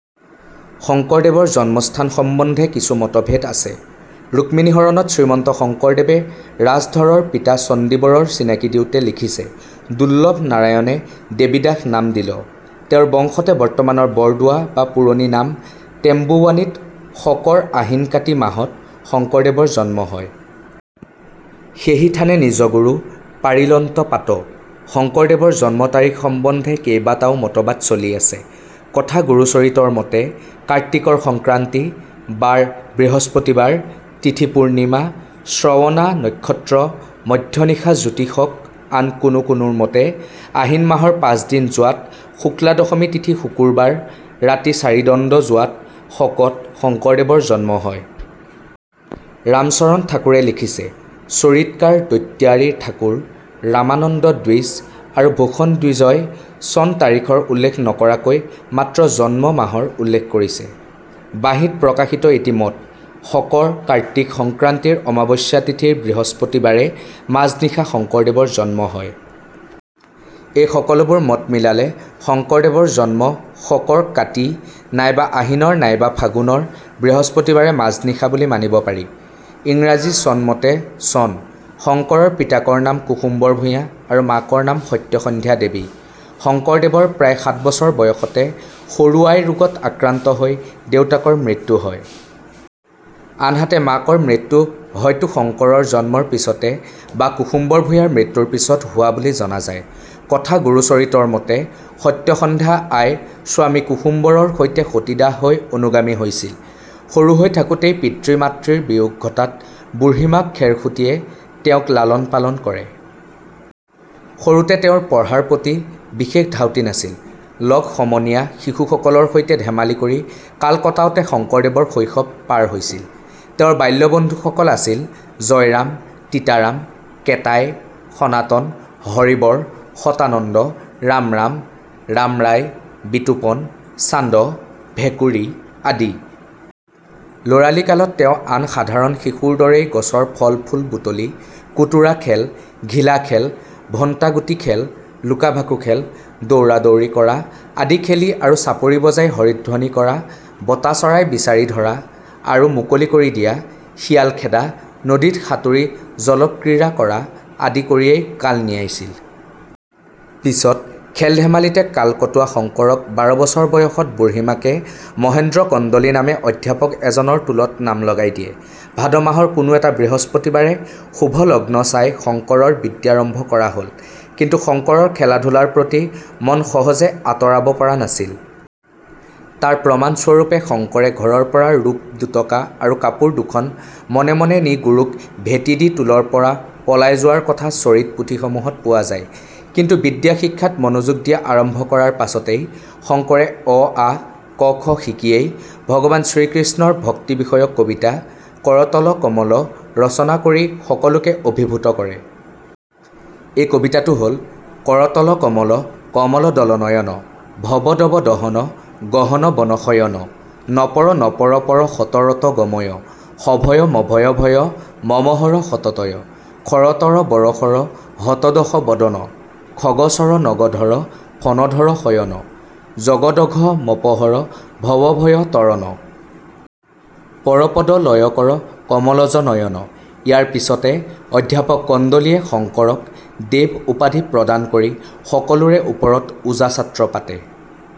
শংকৰদেৱৰ জন্মস্থান সম্বন্ধে কিছু মতভেদ আছে৷ ৰুক্মিণীহৰণত শ্ৰীমন্ত শংকৰদেৱে ৰাজধৰৰ পিতা চণ্ডীবৰৰ চিনাকি দিওঁতে লিখিছে দুল্লভ নাৰায়ণে দেবীদাস নাম দিল॥ তেওঁৰ বংশতে বৰ্তমানৰ বৰদোৱা বা পুৰণি নাম টেম্বুৱানীত শকৰ আহিন-কাতি মাহত শংকৰদেৱৰ জন্ম হয়। সেহি থানে নিজগুৰু পাৰিলন্ত পাট। শঙ্কৰদেৱৰ জন্ম তাৰিখ সম্বন্ধে কেইবাটাও মতবাদ চলি আছে। কথা গুৰু চৰিতৰ মতে, "কাৰ্তিকৰ সংক্ৰান্তি: বাৰ বৃহস্পতিবাৰ: তিথি পূৰ্ণিমা: শ্ৰৱণা নক্ষত্ৰ মধ্য নিশা জ্যোতিষক আন কোনো কোনোৰ মতে, আহিন মাহৰ পাঁচদিন যোৱাত শুক্লা দশমী তিথি শুকুৰবাৰ, ৰাতি চাৰিদণ্ড যোৱাত শকত শঙ্কৰদেৱৰ জন্ম হয়। ৰামচৰণ ঠাকুৰে লিখিছে, চৰিতকাৰ দৈত্যাৰি ঠাকুৰ, ৰামানন্দ দ্বিজ আৰু ভূষণ দ্বিজই চন তাৰিখৰ উল্লেখ নকৰাকৈ মাত্ৰ জন্ম মাহৰ উল্লেখ কৰিছে। "বাঁহী''ত প্ৰকাশিত এটি মত, " শকৰ কাৰ্তিক সংক্ৰান্তিৰ অমাৱস্যা তিথিৰ বৃহস্পতিবাৰে মাজনিশা শঙ্কৰদেৱৰ জন্ম হয়''। এই সকলোবোৰ মত মিলালে শঙ্কৰদেৱৰ জন্ম শকৰ কাতি নাইবা আহিনৰ নাইবা ফাগুণৰ বৃহস্পতিবাৰে মাজনিশা বুলি মানিব পাৰি। ইংৰাজী চন মতে চন৷ শঙ্কৰৰ পিতাকৰ নাম কুসুম্বৰ ভূঞা আৰু মাকৰ নাম সত্যসন্ধ্যা দেৱী। শঙ্কৰদেৱৰ প্ৰায় সাত বছৰ বয়সতে সৰু আই ৰোগত আক্ৰান্ত হৈ দেউতাকৰ মৃত্যু হয়। আনহাতে মাকৰ মৃত্যু হয়তো শংকৰৰ জন্মৰ পিছতে বা কুসুম্বৰ ভূঞাৰ মৃত্যুৰ পিছত হোৱা বুলি জনা যায়। কথা গুৰু চৰিতৰ মতে, সত্যসন্ধা আই স্বামী কুসুম্বৰৰ সৈতে সতীদাহ হৈ অনুগামী হৈছিল। সৰু হৈ থাকোঁতেই পিতৃ মাতৃৰ বিয়োগ ঘটাত বুঢ়ীমাক খেৰসূতী য়ে তেওঁক লালন পালন কৰে। সৰুতে তেওঁৰ পঢ়াৰ প্ৰতি বিশেষ ধাউতি নাছিল। লগ সমনীয়া শিশুসকলৰ সৈতে ধেমালি কৰি কাল কটাওঁতে শংকৰদেৱৰ শৈশৱ পাৰ হৈছিল। তেওঁৰ বাল্যবন্ধু সকল আছিল, জইৰাম, তিতাৰাম, কেতাই, সনাতন, হৰিবৰ, সতানন্দ, ৰামৰাম, ৰামৰাই, বিতোপন, চান্দ, ভেকুৰি আদি। ল'ৰালি কালত তেওঁ আন সাধাৰণ শিশুৰ দৰেই গছৰ ফল-ফুল বুটলি, কোটোৰা খেল, ঘিলা খেল, ভণ্টাগুটি খেল, লুকাভাকু খেল, দৌৰাদৌৰি কৰা আদি খেলি আৰু চাপৰি বজাই হৰিধ্বনি কৰা, বটা চৰাই বিচাৰি ধৰা আৰু মুকলি কৰি দিয়া, শিয়াল খেদা, নদীত সাঁতুৰি জলক্ৰীড়া কৰা আদি কৰিয়েই কাল নিয়াইছিল। পিছত, খেল-ধেমালিতে কাল কটোৱা শঙ্কৰক বাৰ বছৰ বয়সত বুঢ়ীমাকে মহেন্দ্ৰ কন্দলি নামে অধ্যাপক এজনৰ টোলত নাম লগাই দিয়ে। ভাদ মাহৰ কোনো এটা বৃহস্পতিবাৰে শুভলগ্ন চাই শঙ্কৰৰ বিদ্যাৰম্ভ কৰা হ'ল। কিন্তু শঙ্কৰৰ খেলা-ধূলাৰ প্ৰতি মন সহজে আঁতৰাব পৰা নাছিল। তাৰ প্ৰমাণস্বৰূপে শঙ্কৰে ঘৰৰ পৰা ৰূপ দুটকা আৰু কাপোৰ দুখন মনে মনে নি গুৰুক ভেটি দি টোলৰ পৰা পলাই যোৱাৰ কথা চৰিত পুথিসমূহত পোৱা যায়। কিন্তু বিদ্যা শিক্ষাত মনোযোগ দিয়া আৰম্ভ কৰাৰ পাছতেই শঙ্কৰে অ-আ ক-খ শিকিয়েই ভগৱান শ্ৰীকৃষ্ণৰ ভক্তি বিষয়ক কবিতা ' কৰতল কমল ' ৰচনা কৰি সকলোকে অভিভূত কৰে। এই কবিতাটো হ'ল: কৰতল কমল কমল দল নয়ন। ভবদব দহন গহন বন শয়ন॥ নপৰ নপৰ পৰ সতৰত গময়। সভয় মভয় ভয় মমহৰ সততয়॥ খৰতৰ বৰশৰ হত দশ বদন। খগচৰ নগধৰ ফনধৰ শয়ন॥ জগদঘ মপহৰ ভৱভয় তৰণ। পৰপদ লয় কৰ কমলজ নয়ন॥। ইয়াৰ পিছতে অধ্যাপক কন্দলিয়ে শঙ্কৰক 'দেৱ' উপাধি প্ৰদান কৰি সকলোৰে ওপৰত ওজা ছাত্ৰ পাতে।